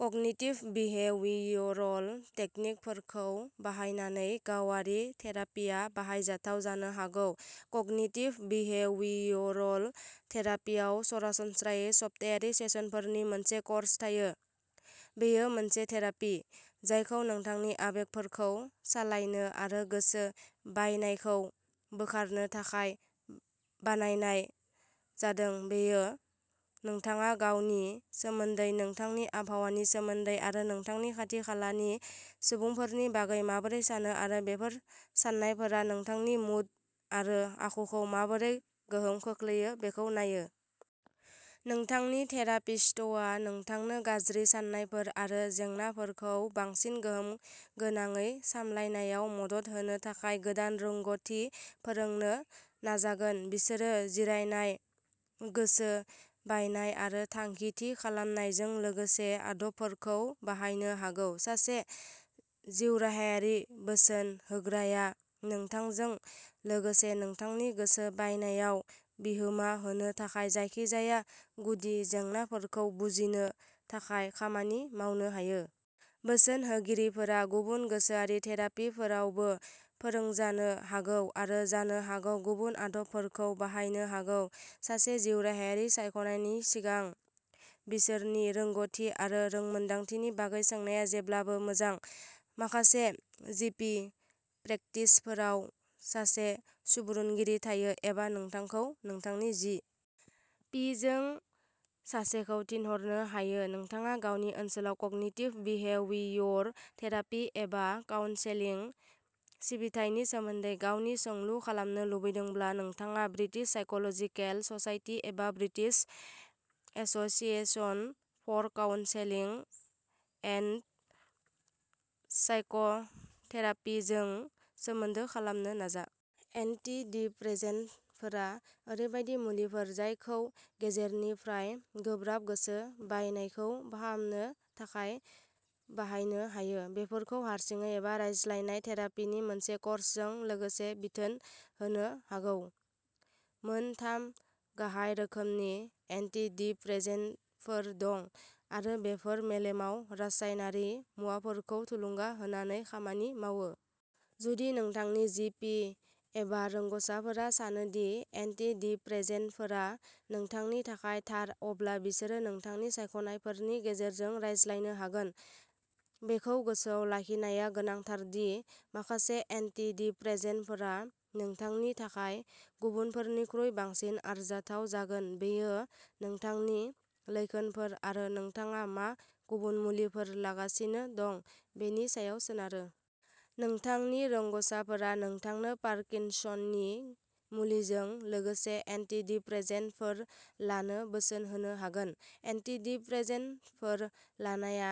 Cognitive behavioural टेकनिकफोरखौ बाहायनानै गावारि थेरापीआ बाहायजाथाव जानो हागौ। कग्निटिभ बिहेवियरल थेरापीआव सरासनस्रायै सप्तायारि सेसनफोरनि मोनसे कर्स थायो। बेयो मोनसे थेरापी जायखौ नोंथांनि आबेगफोरखौ सोलायनो आरो गोसो बायनायखौ बोखारनो थाखाय बानायनाय जादों। बेयो नोंथाङा गावनि सोमोन्दै, नोंथांनि आबहावानि सोमोन्दै आरो नोंथांनि खाथि-खालानि सुबुंफोरनि बागै माबोरै सानो, आरो बेफोर साननायफोरा नोंथांनि मुड आरो आखुखौ माबोरै गोहोम खोख्लैयो बेखौ नायो। नोंथांनि थेरापिस्टआ नोंथांनो गाज्रि साननायफोर आरो जेंनाफोरखौ बांसिन गोहोम गोनाङै सामलायनायाव मदद होनो थाखाय गोदान रोंग'थि फोरोंनो नाजागोन। बिसोरो जिरायनाय, गोसो बायनाय आरो थांखि थि खालामनायजों लोगोसे आदबफोरखौ बाहायनो हागौ। सासे जिउराहायारि बोसोन होग्राया नोंथांजों लोगोसे नोंथांनि गोसो बायनायाव बिहोमा होनो थाखाय जायखिजाया गुदि जेंनाफोरखौ बुजिनो थाखाय खामानि मावनो हायो। बोसोन होगिरिफोरा गुबुन गोसोआरि थेरापीफोरावबो फोरोंजानो हागौ आरो जानो हागौ गुबुन आदबफोरखौ बाहायनो हागौ। सासे जिउराहायारि सायख'नायनि सिगां, बिसोरनि रोंग'थि आरो रोंमोनदांथिनि बागै सोंनाया जेब्लाबो मोजां। माखासे जि. पि. प्रेक्टिसफोराव सासे सुबुरुनगिरि थायो, एबा नोंथांखौ नोंथांनि जि. पि. जों सासेखौ थिनहरनो हायो। नोंथाङा गावनि ओनसोलाव कग्निटिभ बिहेवियर थेरापि एबा काउन्सेलिं सिबिथायनि सोमोन्दै गावनि सोंलु खालामनो लुबैदोंब्ला, नोंथाङा ब्रिटिश साइक'लजिकेल ससाइटि एबा British association for counselling and psychotherapy जों सोमोन्दो खालामनो नाजा। एन्टिडिप्रेसेन्टफोरा ओरैबायदि मुलिफोर जायखौ गेजेरनिफ्राय गोब्राब गोसो बायनायखौ फाहामनो थाखाय बाहायनो हायो। बेफोरखौ हारसिङै एबा रायज्लायनाय थेरापिनि मोनसे कर्सजों लोगोसे बिथोन होनो हागौ। मोन थाम गाहाय रोखोमनि एन्टिडिप्रेसेन्टफोर दं, आरो बेफोर मेलेमाव रासायनारि मुवाफोरखौ थुलुंगा होनानै खामानि मावो। जुदि नोंथांनि जि. पि. एबा रोंग'साफोरा सानो दि एन्टिडिप्रेसेन्टफोरा नोंथांनि थाखाय थार, अब्ला बिसोरो नोंथांनि सायख'नायफोरनि गेजेरजों रायज्लायनो हागोन। बेखौ गोसोआव लाखिनाया गोनांथार दि माखासे एन्टिडिप्रेसेन्टफोरा नोंथांनि थाखाय गुबुनफोरनिख्रुइ बांसिन आरजाथाव जागोन बेयो नोंथांनि लैखोनफोर आरो नोंथाङा मा गुबुन मुलिफोर लागासिनो दं बेनि सायाव सोनारो। नोंथांनि रोंग'साफोरा नोंथांनो पार्किनसननि मुलिजों लोगोसे एन्टिडिप्रेसेन्टफोर लानो बोसोन होनो हागोन। एन्टिडिप्रेसेन्टफोर लानाया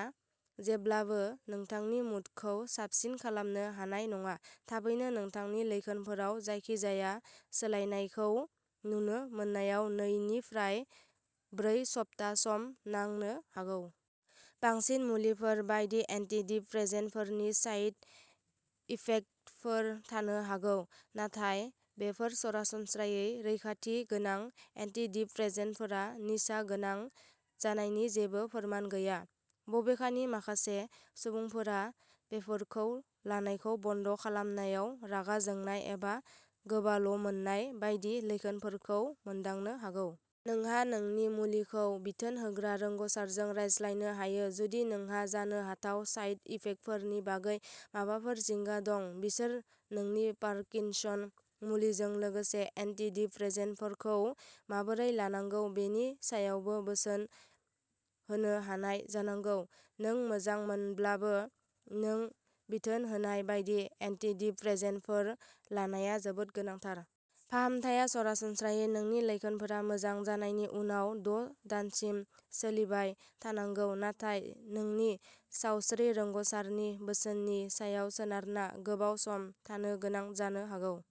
जेब्लाबो नोंथांनि मुडखौ साबसिन खालामनो हानाय नङा। थाबैनो नोंनि लैखोनफोराव जायखिजाया सोलायनायखौ नुनो मोननायाव नै निफ्राय ब्रै सप्ता सम नांनो हागौ। बांसिन मुलिफोर बायदि, एन्टिदिप्रेसेन्टफोरनि साइड इफेक्टफोर थानो हागौ, नाथाय बेफोर सरासनस्रायै रैखाथि गोनां। एन्टिदिप्रेसेन्टफोरा निसा गोनां जानायनि जेबो फोरमान गैया, बबेखानि माखासे सुबुंफोरा बेफोरखौ लानायखौ बन्द खालामनायाव रागा जोंनाय एबा गोबाल'मोननाय बायदि लैखोनफोरखौ मोनदांनो हागौ। नोंहा नोंनि मुलिखौ बिथोन होग्रा रोंग'सारजों रायज्लायनो हायो जुदि नोंहा जानो हाथाव साइड इफेक्टफोरनि बागै माबाफोर जिंगा दं। बिसोर नोंनि पार्किनसन मुलिजों लोगोसे एन्टिदिप्रेसेन्टफोरखौ माबोरै लानांगौ बेनि सायावबो बोसोन होनो हानाय जानांगौ। नों मोजां मोनब्लाबो, नों बिथोन होनाय बायदि एन्टिदिप्रेसेन्टफोर लानाया जोबोद गोनांथार। फाहामथाया सरासनस्रायै नोंनि लैखोनफोरा मोजां जानायनि उनाव द' दानसिम सोलिबाय थानांगौ, नाथाय नोंनि सावस्रि रोंग'सारनि बोसोननि सायाव सोनारना गोबाव सम थानो गोनां जानो हागौ।